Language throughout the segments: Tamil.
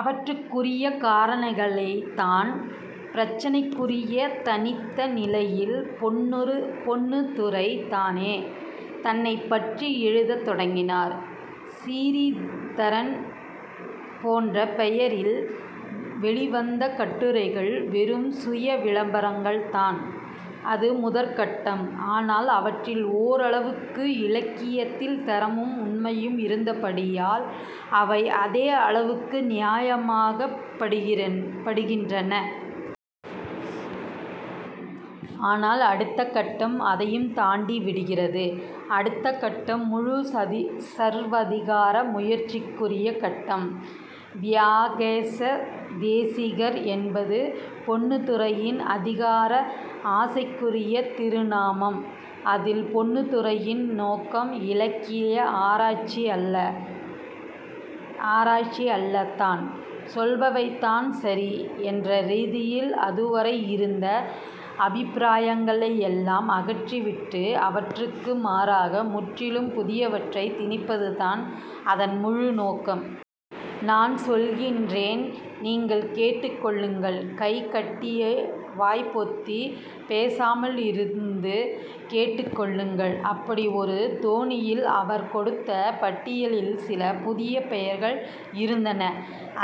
அவற்றுக்குரிய காரணங்களைத்தான். 'பிரச்சினைக்குரிய தனித்த நிலை'யில் பொன்னுத்துரை தானே தன்னைப்பற்றி எழுதத் தொடங்கினார், சிறீதரன் போன்ற பெயரில் வெளிவந்த கட்டுரைகள் வெறும் சுய விளம்பரங்கள்தான். அது முதற் கட்டம். ஆனால் அவற்றில் ஓரளவுக்கு இலக்கியத்தில் தரமும் உண்மையும் இருந்தபடியால் அவை அதே அளவுக்கு நியாயமாகப் படுகின்றன. ஆனால் அடுத்த கட்டம் அதையும் தாண்டிவிடுகிறது. அடுத்த கட்டம் முழுச் சர்வதிகார முயற்சிக்குரிய கட்டம். வியாகேச தேசிகர் என்பது பொன்னுத்துரையின் அதிகார ஆசைக்குரிய திருநாமம். அதில் பொன்னுத்துரையின் நோக்கம் இலக்கிய ஆராய்ச்சி அல்ல ஆராய்ச்சி அல்ல. தான் சொல்பவைதான் சரி என்ற ரீதியில், அதுவரை இருந்த அபிப்பிராயங்களையெல்லாம் அகற்றிவிட்டு அவற்றுக்கு மாறாக முற்றிலும் புதியவற்றை திணிப்பதுதான் அதன் முழு நோக்கம். நான் சொல்கின்றேன், நீங்கள் கேட்டுக்கொள்ளுங்கள். கை கட்டி வாய் பொத்தி, பேசாமலிருந்து கேட்டுக்கொள்ளுங்கள், அப்படி ஒரு தோனியில். அவர் கொடுத்த பட்டியலில் சில புதிய பெயர்களும் இருந்தன.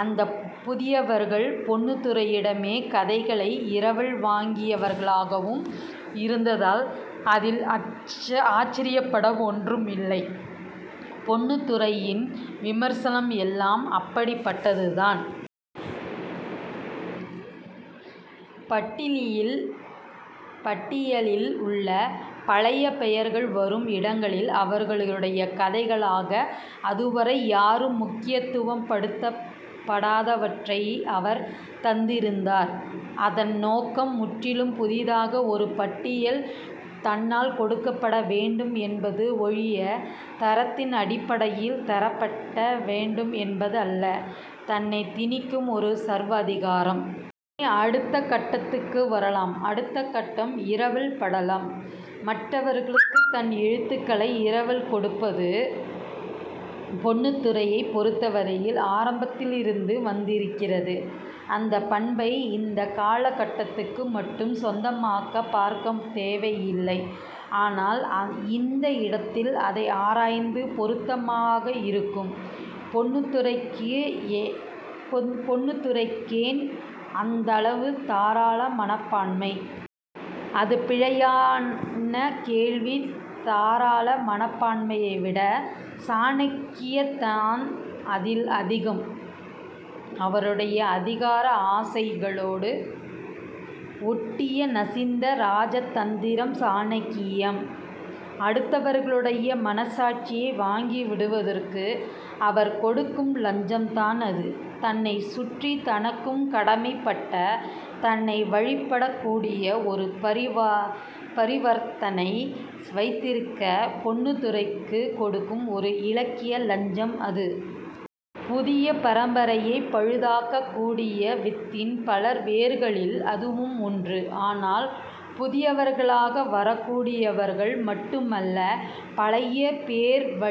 அந்தப் புதியவர்கள் பொன்னுத்துரையிடமே கதைகளை இரவல் வாங்கியவர்களாகவும் இருந்ததால் அதில் ஆச்சரியப்பட ஒன்றுமில்லை. பொன்னுத்துரையின் விமர்சனம் எல்லாம் அப்படிப்பட்டதுதான். பட்டிலியில் பட்டியலில் உள்ள பழைய பெயர்கள் வரும் இடங்களில் அவர்களுடைய கதைகளாக அதுவரை யாரும் முக்கியத்துவப் படுத்தபடாதவற்றை அவர் தந்திருந்தார். அதன் நோக்கம் முற்றிலும் புதிதாக ஒரு பட்டியல் தன்னால் கொடுக்கப்பட வேண்டும் என்பதே ஒழிய, தரத்தின் அடிப்படையில் தரப்பட வேண்டும் என்பதல்ல. தன்னைத் திணிக்கும் ஒரு சர்வாதிகாரம். இனி, அடுத்த கட்டத்துக்கு வரலாம். அடுத்த கட்டம் இரவல் படலம். மற்றவர்களக்குத் தன் எழுத்துகளை இரவல் கொடுப்பது பொன்னுத்துரையைப் பொறுத்தவரையில் ஆரம்பத்திலிருந்தே வந்திருக்கிறது. அந்தப் பண்பை இந்தக் காலகட்டத்துக்கு மட்டும் சொந்தமாகப் பார்க்கத் தேவையில்லை. ஆனால் இந்த இடத்தில் அதை ஆராய்வது பொருத்தமாக இருக்கும். பொன்னுத்துரைக் பொன்னுத்துரைக்கேன் அந்தளவு தாராள மனப்பான்மை? அது பிழையான கேள்வி. தாராள மனப்பான்மையை விட சாணக்கியந்தான் அதில் அதிகம். அவருடைய அதிகார ஆசைகளோடு ஒட்டிய நசிந்த ராஜதந்திர சாணக்கியம். அடுத்தவர்களுடைய மனசாட்சியை வாங்கிவிடுவதற்கு அவர் கொடுக்கும் லஞ்சம்தான் அது. தன்னைச் சுற்றி, தனக்குக் கடமைப்பட்ட, தன்னை வழிபடக்கூடிய ஒரு பரிவர்த்தனை வைத்திருக்க, பொன்னுத்துரை கொடுக்கும் ஒரு இலக்கிய லஞ்சம் அது. புதிய பரம்பரையைப் பழுதாக்கக் கூடிய வித்தின் பல வேர்களில் அதுவும் ஒன்று. ஆனால் புதியவர்களாக வரக்கூடியவர்கள் மட்டுமல்ல பழைய பேர்வழிகளிளுங்கூட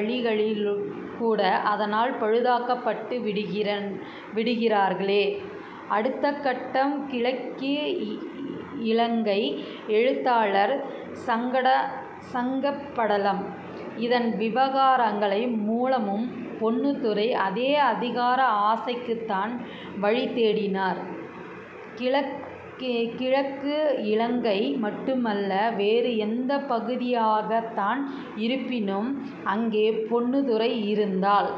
அதனால் பழுதாக்கப்பட்டுவிடுகிறார்களே! அடுத்த கட்டம் கிழக்கிலங்கை எழுத்தாளர் சங்கப்படலம். இதன் விவகாரங்களின் மூலமும் பொன்னுத்துரை அதே அதிகார ஆசைக்குத்தான் வழிதேடினார். கிழக்கு இலங்கை மட்டுமல்ல, வேறு எந்தப் பகுதியாகத்தான் இருப்பினும் அங்கே பொன்னுத்துரை இருந்தால்